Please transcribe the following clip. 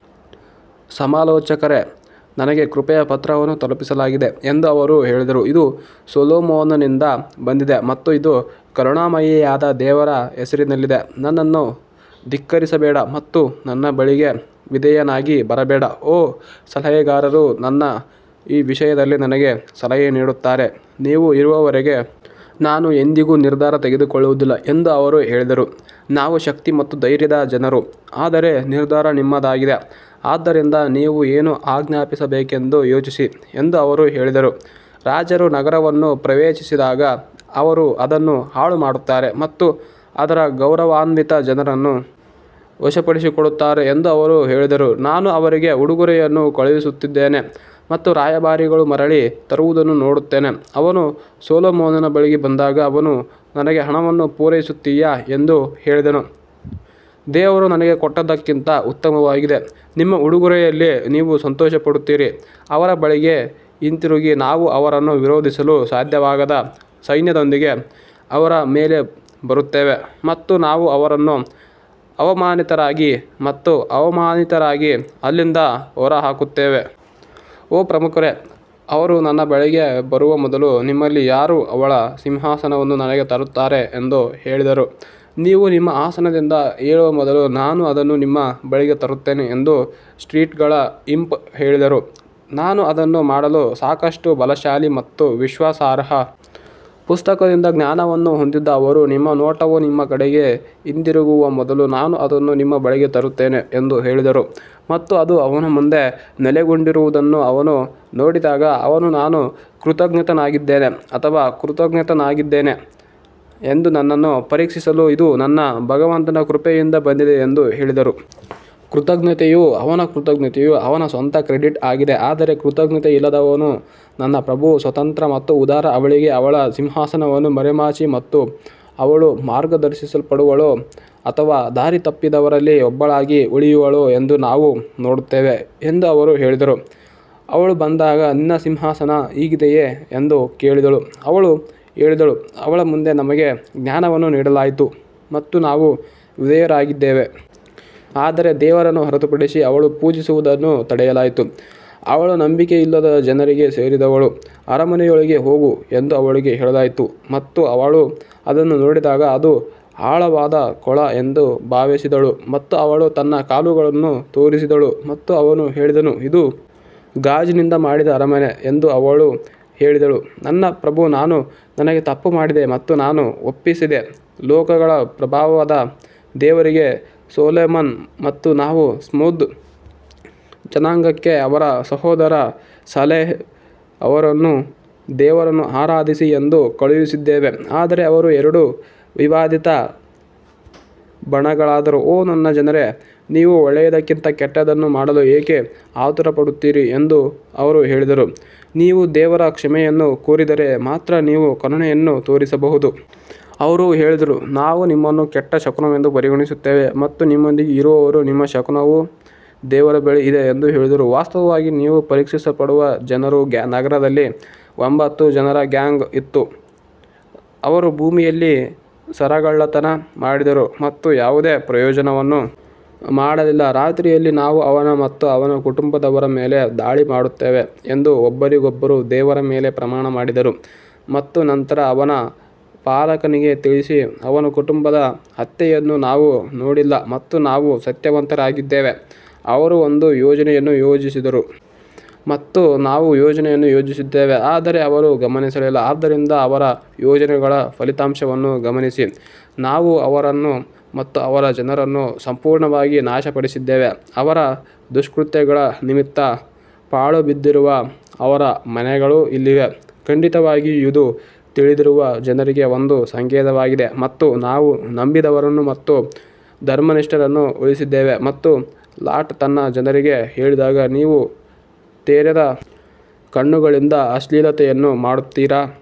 ಸಮಾಲೋಚಕರೇ ನನಗೆ ಕೃಪೆಯ ಪತ್ರವನ್ನು ತಲುಪಿಸಲಾಗಿದೆ ಎಂದು ಅವರು ಹೇಳಿದರು ಇದು ಸೊಲೊಮೋನನಿಂದ ಬಂದಿದೆ ಮತ್ತು ಇದು ಕರುಣಾಮಯಿಯಾದ ದೇವರ ಹೆಸರಿನಲ್ಲಿದೆ ನನ್ನನ್ನು ಧಿಕ್ಕರಿಸಬೇಡ ಮತ್ತು ನನ್ನ ಬಳಿಗೆ ವಿಧೇಯನಾಗಿ ಬರಬೇಡ ಓ ಸಲಹೆಗಾರರು ನನ್ನ ಈ ವಿಷಯದಲ್ಲಿ ನನಗೆ ಸಲಹೆ ನೀಡುತ್ತಾರೆ, ನೀವು ಇರುವವರೆಗೆ ನಾನು ಎಂದಿಗೂ ನಿರ್ಧಾರ ತೆಗೆದುಕೊಳ್ಳುವುದಿಲ್ಲ ಎಂದು ಅವರು ಹೇಳಿದರು ನಾವು ಶಕ್ತಿ ಮತ್ತು ಧೈರ್ಯದ ಜನರು ಆದರೆ ನಿರ್ಧಾರ ನಿಮ್ಮದಾಗಿದೆ ಆದ್ದರಿಂದ ನೀವು ಏನು ಆಜ್ಞಾಪಿಸಬೇಕೆಂದು ಯೋಚಿಸಿ ಎಂದು ಅವರು ಹೇಳಿದರು ರಾಜರು ನಗರವನ್ನು ಪ್ರವೇಶಿಸಿದಾಗ ಅವರು ಅದನ್ನು ಹಾಳುಮಾಡುತ್ತಾರೆ ಮತ್ತು ಅದರ ಗೌರವಾನ್ವಿತ ಜನರನ್ನು ವಶಪಡಿಸಿಕೊಳ್ಳುತ್ತಾರೆ ಎಂದು ಅವರು ಹೇಳಿದರು ನಾನು ಅವರಿಗೆ ಉಡುಗೊರೆಯನ್ನು ಕಳುಹಿಸುತ್ತಿದ್ದೇನೆ ಮತ್ತು ರಾಯಭಾರಿಗಳು ಮರಳಿ ತರುವುದನ್ನು ನೋಡುತ್ತೇನೆ ಅವನು ಸೊಲೊಮೋನನ ಬಳಿಗೆ ಬಂದಾಗ ಅವನು ನನಗೆ ಹಣವನ್ನು ಪೂರೈಸುತ್ತೀಯಾ ಎಂದು ಹೇಳಿದನು, ದೇವರು ನನಗೆ ಕೊಟ್ಟದ್ದಕ್ಕಿಂತ ಉತ್ತಮವಾಗಿದೆ, ನಿಮ್ಮ ಉಡುಗೊರೆಯಲ್ಲಿ ನೀವು ಸಂತೋಷಪಡುತ್ತೀರಿ ಅವರ ಬಳಿಗೆ ಹಿಂತಿರುಗಿ ನಾವು ಅವರನ್ನು ವಿರೋಧಿಸಲು ಸಾಧ್ಯವಾಗದ ಸೈನ್ಯದೊಂದಿಗೆ ಅವರ ಮೇಲೆ ಬರುತ್ತೇವೆ ಮತ್ತು ನಾವು ಅವರನ್ನು ಅವಮಾನಿತರಾಗಿ ಮತ್ತು ಅವಮಾನಿತರಾಗಿ ಅಲ್ಲಿಂದ ಹೊರಹಾಕುತ್ತೇವೆ. ಓ ಪ್ರಮುಖರೇ, ಅವರು ನನ್ನ ಬಳಿಗೆ ಬರುವ ಮೊದಲು ನಿಮ್ಮಲ್ಲಿ ಯಾರು ಅವಳ ಸಿಂಹಾಸನವನ್ನು ನನಗೆ ತರುತ್ತಾರೆ ಎಂದು ಹೇಳಿದರು ನೀವು ನಿಮ್ಮ ಆಸನದಿಂದ ಏಳುವ ಮೊದಲು ನಾನು ಅದನ್ನು ನಿಮ್ಮ ಬಳಿಗೆ ತರುತ್ತೇನೆ ಎಂದು ಸ್ಪ್ರಿಟ್ಗಳ ಇಂಪ್ ಹೇಳಿದರು ನಾನು ಅದನ್ನು ಮಾಡಲು ಸಾಕಷ್ಟು ಬಲಶಾಲಿ ಮತ್ತು ವಿಶ್ವಾಸಾರ್ಹ. ಪುಸ್ತಕದಿಂದ ಜ್ಞಾನವನ್ನು ಹೊಂದಿದ್ದ ಅವರು ನಿಮ್ಮ ನೋಟವು ನಿಮ್ಮ ಕಡೆಗೆ ಹಿಂದಿರುಗುವ ಮೊದಲು ನಾನು ಅದನ್ನು ನಿಮ್ಮ ಬಳಿಗೆ ತರುತ್ತೇನೆ ಎಂದು ಹೇಳಿದರು ಮತ್ತು ಅದು ಅವನ ಮುಂದೆ ನೆಲೆಗೊಂಡಿರುವುದನ್ನು ಅವನು ನೋಡಿದಾಗ ಅವನು ನಾನು ಕೃತಜ್ಞನಾಗಿದ್ದೇನೆ ಅಥವಾ ಕೃತಜ್ಞನಾಗಿದ್ದೇನೆ ಎಂದು ನನ್ನನ್ನು ಪರೀಕ್ಷಿಸಲು ಇದು ನನ್ನ ಭಗವಂತನ ಕೃಪೆಯಿಂದ ಬಂದಿದೆ ಎಂದು ಹೇಳಿದರು. ಕೃತಜ್ಞತೆಯು ಅವನ ಕೃತಜ್ಞತೆಯು ಅವನ ಸ್ವಂತ ಕ್ರೆಡಿಟ್ ಆಗಿದೆ ಆದರೆ ಕೃತಜ್ಞತೆಯಿಲ್ಲದವನು ನನ್ನ ಪ್ರಭು ಸ್ವತಂತ್ರ ಮತ್ತು ಉದಾರ ಅವಳಿಗೆ ಅವಳ ಸಿಂಹಾಸನವನ್ನು ಮರೆಮಾಚಿ ಮತ್ತು ಅವಳು ಮಾರ್ಗದರ್ಶಿಸಲ್ಪಡುವಳೋ ಅಥವಾ ದಾರಿತಪ್ಪಿದವರಲ್ಲಿ ಒಬ್ಬಳಾಗಿ ಉಳಿಯುವಳೋ ಎಂದು ನಾವು ನೋಡುತ್ತೇವೆ ಎಂದು ಅವರು ಹೇಳಿದರು. ಅವಳು ಬಂದಾಗ, ನಿನ್ನ ಸಿಂಹಾಸನ ಹೀಗಿದೆಯೇ ಎಂದು ಕೇಳಿದಳು, ಅವಳು ಹೇಳಿದಳು, ಅವಳ ಮುಂದೆ ನಮಗೆ ಜ್ಞಾನವನ್ನು ನೀಡಲಾಯಿತು ಮತ್ತು ನಾವು ವಿಧೇಯರಾಗಿದ್ದೇವೆ. ಆದರೆ ದೇವರನ್ನು ಹೊರತುಪಡಿಸಿ ಅವಳು ಪೂಜಿಸುವುದನ್ನು ತಡೆಯಲಾಯಿತು, ಅವಳು ನಂಬಿಕೆಯಿಲ್ಲದ ಜನರಿಗೆ ಸೇರಿದವಳು ಅರಮನೆಯೊಳಗೆ ಹೋಗು ಎಂದು ಅವಳಿಗೆ ಹೇಳಲಾಯಿತು ಮತ್ತು ಅವಳು ಅದನ್ನು ನೋಡಿದಾಗ ಅದು ಆಳವಾದ ಕೊಳ ಎಂದು ಭಾವಿಸಿದಳು ಮತ್ತು ಅವಳು ತನ್ನ ಕಾಲುಗಳನ್ನು ತೋರಿಸಿದಳು ಮತ್ತು ಅವನು ಹೇಳಿದನು ಇದು ಗಾಜಿನಿಂದ ಮಾಡಿದ ಅರಮನೆ ಎಂದು ಅವಳು ಹೇಳಿದಳು ನನ್ನ ಪ್ರಭು ನಾನು ನನಗೆ ತಪ್ಪು ಮಾಡಿದೆ ಮತ್ತು ನಾನು ಒಪ್ಪಿಸಿದೆ ಲೋಕಗಳ ಪ್ರಭುವಾದ ದೇವರಿಗೆ ಸೊಲೊಮನ್ ಮತ್ತು ನಾವು ಸ್ಮೂದ್ ಜನಾಂಗಕ್ಕೆ ಅವರ ಸಹೋದರ ಸಲೇಹ್ ಅವರನ್ನು ದೇವರನ್ನು ಆರಾಧಿಸಿ ಎಂದು ಕಳುಹಿಸಿದ್ದೇವೆ ಆದರೆ ಅವರು ಎರಡು ವಿವಾದಿತ ಬಣಗಳಾದರು ಓ ನನ್ನ ಜನರೇ ನೀವು ಒಳ್ಳೆಯದಕ್ಕಿಂತ ಕೆಟ್ಟದ್ದನ್ನು ಮಾಡಲು ಏಕೆ ಆತುರಪಡುತ್ತೀರಿ ಎಂದು ಅವರು ಹೇಳಿದರು, ನೀವು ದೇವರ ಕ್ಷಮೆಯನ್ನು ಕೋರಿದರೆ ಮಾತ್ರ ನೀವು ಕರುಣೆಯನ್ನು ತೋರಿಸಬಹುದು. ಅವರು ಹೇಳಿದರು ನಾವು ನಿಮ್ಮನ್ನು ಕೆಟ್ಟ ಶಕುನವೆಂದು ಪರಿಗಣಿಸುತ್ತೇವೆ ಮತ್ತು ನಿಮ್ಮೊಂದಿಗೆ ಇರುವವರು ನಿಮ್ಮ ಶಕುನವು ದೇವರ ಬಳಿ ಇದೆ ಎಂದು ಹೇಳಿದರು ವಾಸ್ತವವಾಗಿ ನೀವು ಪರೀಕ್ಷಿಸಲ್ಪಡುವ ಜನರು ನಗರದಲ್ಲಿ ಒಂಬತ್ತು ಜನರ ಗ್ಯಾಂಗ್ ಇತ್ತು, ಅವರು ಭೂಮಿಯಲ್ಲಿ ಸರಗಳ್ಳತನ ಮಾಡಿದರು ಮತ್ತು ಯಾವುದೇ ಪ್ರಯೋಜನವನ್ನು ಮಾಡಲಿಲ್ಲ ರಾತ್ರಿಯಲ್ಲಿ ನಾವು ಅವನ ಮತ್ತು ಅವನ ಕುಟುಂಬದವರ ಮೇಲೆ ದಾಳಿ ಮಾಡುತ್ತೇವೆ ಎಂದು ಒಬ್ಬರಿಗೊಬ್ಬರು ದೇವರ ಮೇಲೆ ಪ್ರಮಾಣ ಮಾಡಿದರು ಮತ್ತು ನಂತರ ಅವನ ಪಾಲಕನಿಗೆ ತಿಳಿಸಿ ಅವನ ಕುಟುಂಬದ ಹತ್ಯೆಯನ್ನು ನಾವು ನೋಡಿಲ್ಲ ಮತ್ತು ನಾವು ಸತ್ಯವಂತರಾಗಿದ್ದೇವೆ ಅವರು ಒಂದು ಯೋಜನೆಯನ್ನು ಯೋಜಿಸಿದರು ಮತ್ತು ನಾವು ಯೋಜನೆಯನ್ನು ಯೋಜಿಸಿದ್ದೇವೆ ಆದರೆ ಅವರು ಗಮನಿಸಲಿಲ್ಲ ಆದ್ದರಿಂದ ಅವರ ಯೋಜನೆಗಳ ಫಲಿತಾಂಶವನ್ನು ಗಮನಿಸಿ ನಾವು ಅವರನ್ನು ಮತ್ತು ಅವರ ಜನರನ್ನು ಸಂಪೂರ್ಣವಾಗಿ ನಾಶಪಡಿಸಿದ್ದೇವೆ ಅವರ ದುಷ್ಕೃತ್ಯಗಳ ನಿಮಿತ್ತ ಪಾಳುಬಿದ್ದಿರುವ ಅವರ ಮನೆಗಳು ಇಲ್ಲಿವೆ, ಖಂಡಿತವಾಗಿಯೂ ಇದು ತಿಳಿದಿರುವ ಜನರಿಗೆ ಒಂದು ಸಂಕೇತವಾಗಿದೆ ಮತ್ತು ನಾವು ನಂಬಿದವರನ್ನು ಮತ್ತು ಧರ್ಮನಿಷ್ಠರನ್ನು ಉಳಿಸಿದ್ದೇವೆ ಮತ್ತು ಲಾಟ್ ತನ್ನ ಜನರಿಗೆ ಹೇಳಿದಾಗ ನೀವು ತೆರೆದ ಕಣ್ಣುಗಳಿಂದ ಅಶ್ಲೀಲತೆಯನ್ನು ಮಾಡುತ್ತೀರಾ.